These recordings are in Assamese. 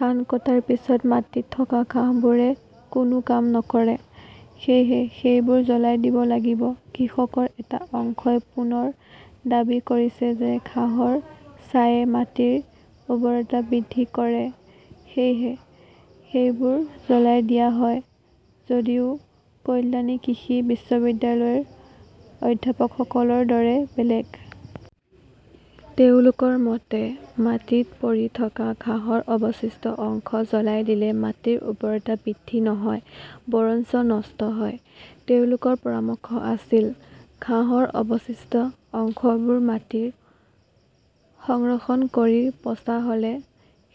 ধান কটাৰ পিছত মাটিত থকা ঘাঁহবোৰে কোনো কাম নকৰে। সেয়েহে সেইবোৰ জ্বলাই দিব লাগিব। কৃষকৰ এটা অংশই পুনৰ দাবী কৰিছে যে ঘাঁহৰ ছাইয়ে মাটিৰ উৰ্বৰতা বৃদ্ধি কৰে। সেয়েহে সেইবোৰ জ্বলাই দিয়া হয়। যদিও কল্যাণী কৃষি বিশ্ববিদ্যালয়ৰ অধ্যাপকসকলৰ দৰে বেলেগ। তেওঁলোকৰ মতে, মাটিত পৰি থকা ঘাঁহৰ অৱশিষ্ট অংশ জ্বলাই দিলে মাটিৰ উৰ্বৰতা বৃদ্ধি নহয়, বৰঞ্চ নষ্ট হয়। তেওঁলোকৰ পৰামৰ্শ আছিল, ঘাঁহৰ অৱশিষ্ট অংশবোৰ মাটিত সংৰক্ষণ কৰি পচা হ'লে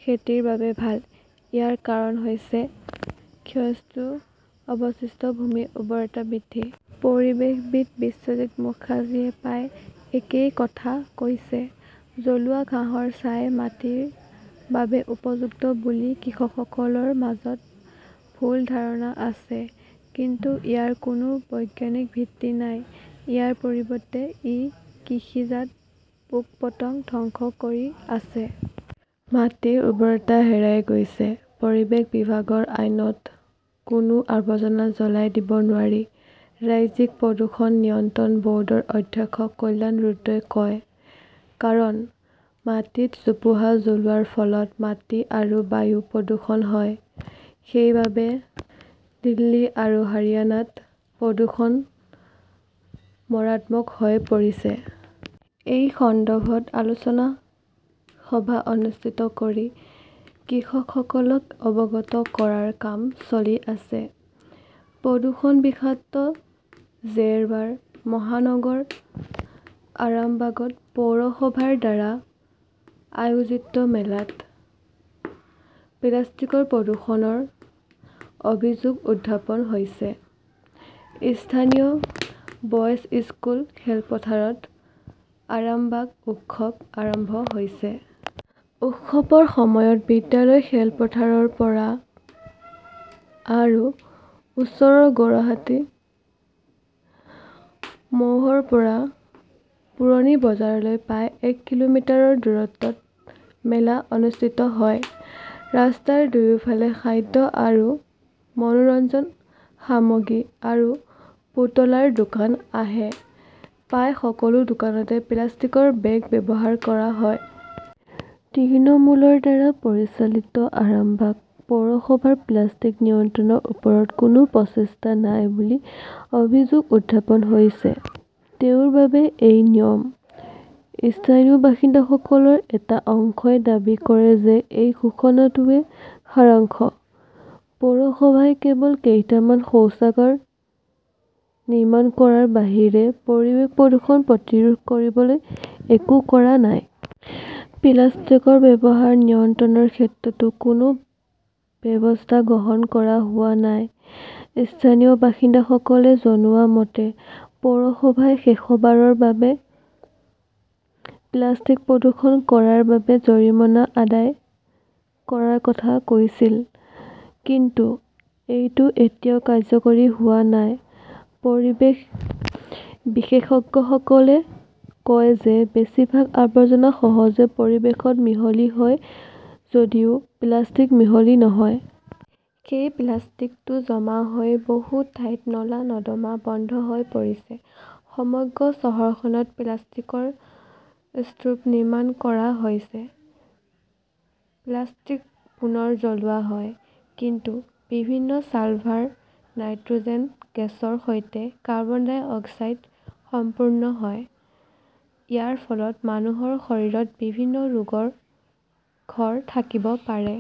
খেতিৰ বাবে ভাল। ইয়াৰ কাৰণ হৈছে ক্ষয়িষ্ণু অৱশিষ্ট ভূমিৰ উৰ্বৰতা বৃদ্ধি। 'পৰিৱেশবিদ বিশ্বজিত মুখাৰ্জীয়ে প্ৰায় একেই কথা কৈছে। 'জ্বলোৱা ঘাঁহৰ ছাই মাটিৰ বাবে উপযুক্ত বুলি কৃষকসকলৰ মাজত ভুল ধাৰণা আছে। কিন্তু ইয়াৰ কোনো বৈজ্ঞানিক ভিত্তি নাই। ইয়াৰ পৰিৱৰ্তে, ই কৃষিজাত পোক-পতংগ ধ্বংস কৰি আছে। মাটিৰ উৰ্বৰতা হেৰাই গৈছে। 'পৰিৱেশ বিভাগৰ আইনত কোনো আৱৰ্জনা জ্বলাই দিব নোৱাৰি', ৰাজ্যিক প্ৰদূষণ নিয়ন্ত্ৰণ ব'ৰ্ডৰ অধ্যক্ষ কল্যাণ ৰুদ্ৰই কয়। কাৰণ মাটিত জোপোহা জ্বলোৱাৰ ফলত মাটি আৰু বায়ু প্ৰদূষণ হয়। সেইবাবেই দিল্লী আৰু হাৰিয়ানাত প্ৰদূষণ মাৰাত্মক হৈ পৰিছে। এই সন্দৰ্ভত আলোচনা সভা অনুষ্ঠিত কৰি কৃষকসকলক অৱগত কৰাৰ কাম চলি আছে। প্ৰদূষণ-বিষাক্ত জেৰবাৰ মহানগৰ আৰামবাগত পৌৰসভাৰ দ্বাৰা আয়োজিত মেলাত প্লাষ্টিকৰ প্ৰদূষণৰ অভিযোগ উত্থাপন হৈছে। স্থানীয় বয়ছ স্কুল খেলপথাৰত আৰামবাগ উৎসৱ আৰম্ভ হৈছে। উৎসৱৰ সময়ত বিদ্যালয়ৰ খেলপথাৰৰ পৰা আৰু ওচৰৰ গৌৰহাটি মোড়ৰ পৰা পুৰণি বজাৰলৈ প্ৰায় এক কিলোমিটাৰ দূৰত্বত মেলা অনুষ্ঠিত হয়। ৰাস্তাৰ দুয়োফালে খাদ্য আৰু মনোৰঞ্জন সামগ্ৰী আৰু পুতলাৰ দোকান আছে। প্ৰায় সকলো দোকানতে প্লাষ্টিকৰ বেগ ব্যৱহাৰ কৰা হয়। তৃণমূলৰ দ্বাৰা পৰিচালিত আৰামবাগ পৌৰসভাৰ প্লাষ্টিক নিয়ন্ত্ৰণৰ ওপৰত কোনো প্ৰচেষ্টা নাই বুলি অভিযোগ উত্থাপন হৈছে। তেওঁৰ বাবেই এই নিয়ম। স্থানীয় বাসিন্দাসকলৰ এটা অংশই দাবী কৰে যে এই ঘোষণাটোৱেই সাৰাংশ। পৌৰসভাই কেৱল কেইটামান শৌচাগাৰ নিৰ্মাণ কৰাৰ বাহিৰে পৰিৱেশ প্ৰদূষণ প্ৰতিৰোধ কৰিবলৈ একো কৰা নাই। প্লাষ্টিকৰ ব্যৱহাৰ নিয়ন্ত্ৰণৰ ক্ষেত্ৰতো কোনো ব্যৱস্থা গ্ৰহণ কৰা হোৱা নাই। স্থানীয় বাসিন্দাসকলে জনোৱা মতে, পৌৰসভাই শেষবাৰৰ বাবে প্লাষ্টিক প্ৰদূষণ কৰাৰ বাবে জৰিমনা আদায় কৰাৰ কথা কৈছিল। কিন্তু এইটো এতিয়াও কাৰ্যকৰী হোৱা নাই। পৰিৱেশ বিশেষজ্ঞসকলে কয় যে বেছিভাগ আৱৰ্জনা সহজে পৰিৱেশত মিহলি হয় যদিও প্লাষ্টিক মিহলি নহয়। সেই প্লাষ্টিকটো জমা হৈ বহু ঠাইত নলা-নৰ্দমা বন্ধ হৈ পৰিছে। সমগ্ৰ চহৰখনত প্লাষ্টিকৰ স্তূপ নিৰ্মাণ কৰা হৈছে। প্লাষ্টিক্স পুনৰ জ্বলোৱা হয়, কিন্তু বিভিন্ন ছালফাৰ, নাইট্ৰ'জেন গেছৰ সৈতে কাৰ্বন মন অক্সাইড উৎপন্ন হয়। ইয়াৰ ফলত মানুহৰ শৰীৰত বিভিন্ন ৰোগৰ ঘৰ থাকিব পাৰে।